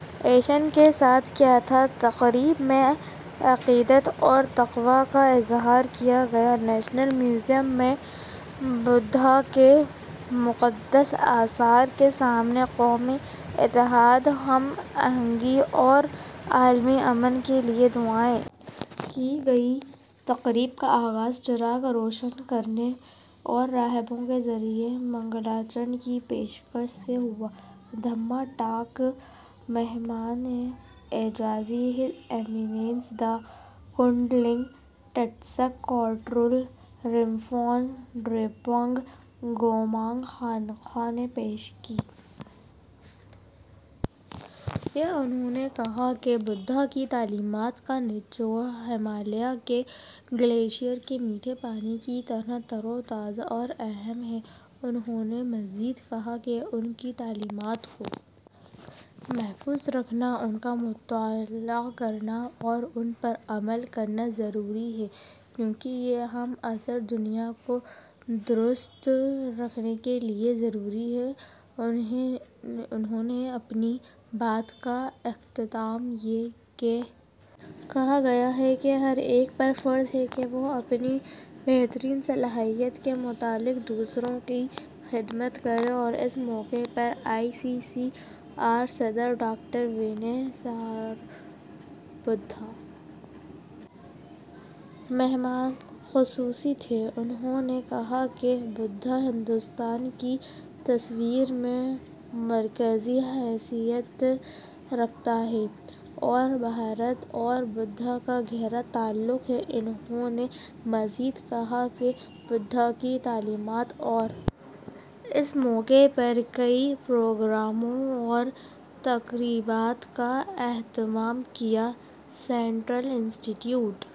ایشن کے ساتھ کیا تھا تقریب میں عقیدت اور تقویٰ کا اظہار کیا گیا نیشنل میوزیم میں بدھا کے مقدس آثار کے سامنے قومی اتحاد ہم آہنگی اور عالمی امن کے لیے دعائیں کی گئیں تقریب کا آغاز چراغ روشن کرنے اور راہبوں کے ذریعہ منگلاچرن کی پیشکش سے ہوا دھما ٹاک مہمان اعزازی His Eminence the Kundeling Taktsak Choktrul Rinpoche Drepung Gomang خانقاہ نے پیش کیا انہوں نے کہا کہ بدھ کی تعلیمات کا نچوڑ ہمالیہ کے گلیشیئر کے میٹھے پانی کی طرح تر و تازہ اور اہم ہے انہوں نے مزید کہا کہ ان کی تعلیمات کو محفوظ رکھنا ان کا مطالعہ کرنا اور ان پر عمل کرنا ضروری ہے کیونکہ یہ ہم عصر دنیا کو درست رکھنے کے لیے ضروری ہے انہوں نے اپنی بات کا اختتام یہ کہہ کر کیا کہ یہ ہر ایک پر فرض ہے کہ وہ اپنی بہترین صلاحیت کے مطابق دوسروں کی خدمت کرے اس موقع پر آئی سی سی آر کے صدر ڈاکٹر ونے سہسرا بدھے مہمان خصوصی تھے انہوں نے کہا کہ بدھ ہندوستان کے تصور میں مرکزی حیثیت رکھتا ہے اور بھارت اور بدھ کا گہرا تعلق ہے انہوں نے مزید کہا کہ بدھ کی تعلیمات اور نے اس موقع پر کئی پروگراموں اور تقریبات کا اہتمام کیا سینٹرل انسٹی ٹیوٹ